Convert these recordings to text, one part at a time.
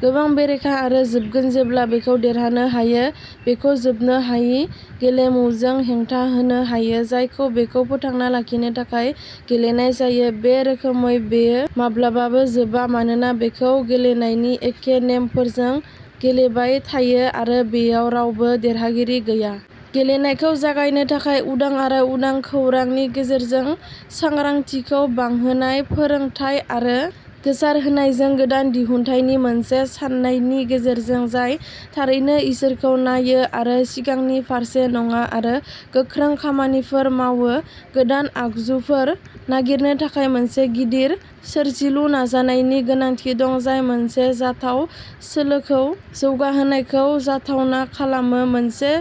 गोबां बेरेखा आरो जोबगोन जेब्ला बेखौ देरहानो हायो बेखौ जोबनो हायै गेलेमुजों हेंथा होनो हायो, जायखौ बेखौ फोथांना लाखिनो थाखाय गेलेनाय जायो। बे रोखोमै बेयो माब्लाबाबो जोबा, मानोना बेखौ गेलेनायनि एखे नेमफोरजों गेलेबाय थायो आरो बेयाव रावबो देरहागिरि गैया। गेलेनायखौ जागायनो थाखाय, उदां आरो उदां खौरांनि गेजेरजों सांग्रांथिखौ बांहोनाय, फोरोंथाय आरो गोसारहोनायजों, गोदान दिहुनथायनि मोनसे साननायनि गेजेरजों जाय थारैनो इयुनखौ नायो आरो सिगांनि फारसे नङा आरो गोख्रों खामानिफोर मावो। गोदान आगजुफोर नागिरनो थाखाय मोनसे गिदिर सोरजिलु नाजानायनि गोनांथि दं, जाय मोनसे जथाय सोलोखौ जौगाहोनायखौ जाथावना खालामो, मोनसे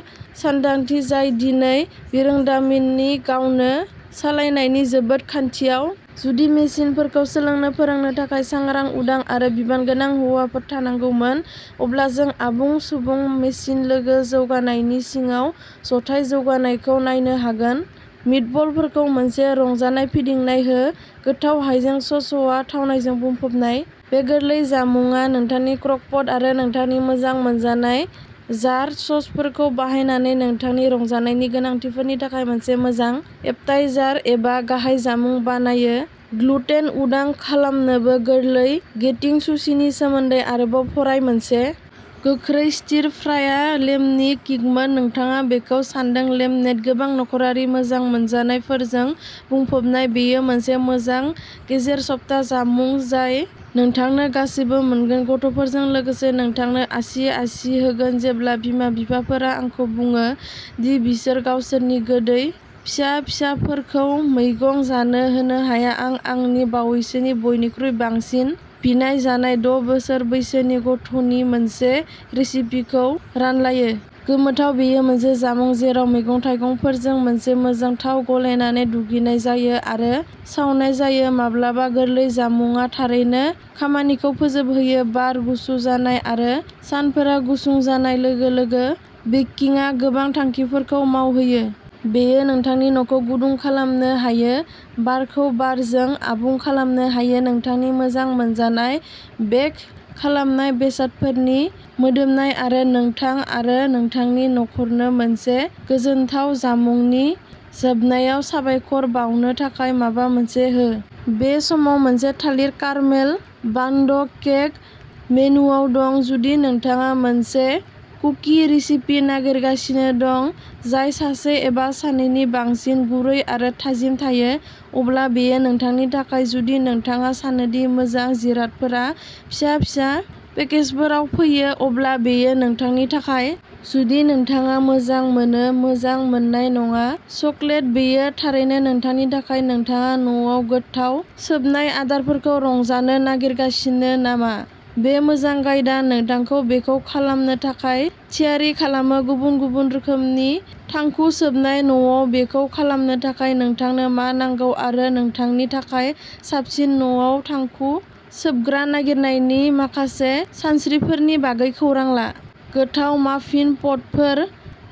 सानदांथि जाय दिनै बिरोंदामिननि गावनो सालायनायनि जोबोद खाथियाव। जुदि मेसिनफोरखौ सोलोंनो फोरोंनो थाखाय सांग्रां, उदां आरो बिबानगोनां हौवाफोर थानांगौमोन, अब्ला जों आबुं सुबुं मेसिन लोगो जौगानायनि सिङाव जथाय जौगानायखौ नायनो हागोन। मिटबलफोरखौ मोनसे रंजानाय फिदिंनाय हो। गोथाव हाइजें ससआ थावनायजों बुंफबनाय। बे गोरलै जामुंआ नोंथांनि क्रकपट आरो नोंथांनि मोजां मोनजानाय जारद ससफोरखौ बाहायनानै नोंथांनि रंजानायनि गोनांथिफोरनि थाखाय मोनसे मोजां एपेटाइजार एबा गाहाय जामुं बानायो। ग्लुटेन उदां खालामनोबो गोरलै गेटिं स'सीनि सोमोन्दै आरोबाव फराय मोनसे गोख्रै स्टिर फ्रायआ लेमनि किक मोनो, नोंथाङा बेखौ सान्दों लेमनेड गोबां नखरारि मोजां मोनजानायफोरजों बुंफबनाय, बेयो मोनसे मोजां गेजेर सप्ता जामुं जाय नोंथांनो गासैबो मोनगोन, गथ'फोरजों लोगोसे, नोंथांनो आसि-आसि होगोन जेब्ला बिमा-बिफाफोरा आंखौ बुङो दि बिसोर गावसोरनि गोदै फिसा फिसाफोरखौ मैगंफोर जानो होनो हाया, आं आंनि बावैसोनि बयनिख्रुइ बांसिन बिनायजानाय द' बोसोर बैसोनि गथ'नि मोनसे रेसिपिखौ रानलायो। गोमोथाव बेयो मोनसे जामुं जेराव मैगं-थाइगंफोरखौ मोनसे मोजां थाव गलायनानै दुगैनाय जायो आरो सावनाय जायो। माब्लाबा गोरलै जामुंआ थारैनो खामानिखौ फोजोबहोयो। बार गुसु जानाय आरो सानफोरा गुसुं जानाय लोगो-लोगो, बेकिंआ गोबां थांखिफोरखौ मावहोयो। बेयो नोंथांनि न'खौ गुदुं खालामनो हायो, बारखौ बारजों आबुं खालामनो हायो। नोंथांनि मोजां मोनजानाय बेक खालामनाय बेसादफोरनि मोदोमनाय आरो नोंथां आरो नोंथांनि नख'रनो मोनसे गोजोनथाव जामुंनि जोबनायाव साबायखर बावनो थाखाय माबा मोनसे हो। बे समाव, मोनसे थालिर कारमेल बान्ड केक मेनुवाव दं। जुदि नोंथाङा मोनसे कुकि रेसिपि नागिरगासिनो दं जाय सानसे एबा साननैनि बांसिन गुरै आरो थाजिम थायो, अब्ला बेयो नोंथांनि थाखाय। जुदि नोंथाङा सानो दि मोजां जिरादफोरा फिसा-फिसा पेकेजफोराव फैयो, अब्ला बेयो नोंथांनि थाखाय। जुदि नोंथाङा मोजां मोनो, मोजां मोननाय नङा, चकलेट बेयो थारैनो नोंथांनि थाखाय नोंथाङा न'आव गोथाव सोबनाय आदारफोरखौ रंजानो नागिरगासिनो नामा? बे मोजां गाइदा नोंथांखौ बेखौ खालामनो थाखाय थियारि खालामो। गुबुन-गुबुन रोखोमनि थांखु सोबनाय, न'आव बेखौ खालामनो थाखाय नोंथांनो मा नांगौ आरो नोंथांनि थाखाय साबसिन न'आव थांखु सोबग्रा नागिरनायनि माखासे सानस्रिफोरनि बागै खौरां ला। गोथाव माफिन टपफोर,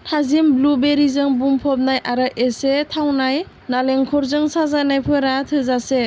थाजिम ब्लुबेरिजों बुंफबनाय आरो एसे थावनाय नालेंखरजों साजायनायफोरा थोजासे।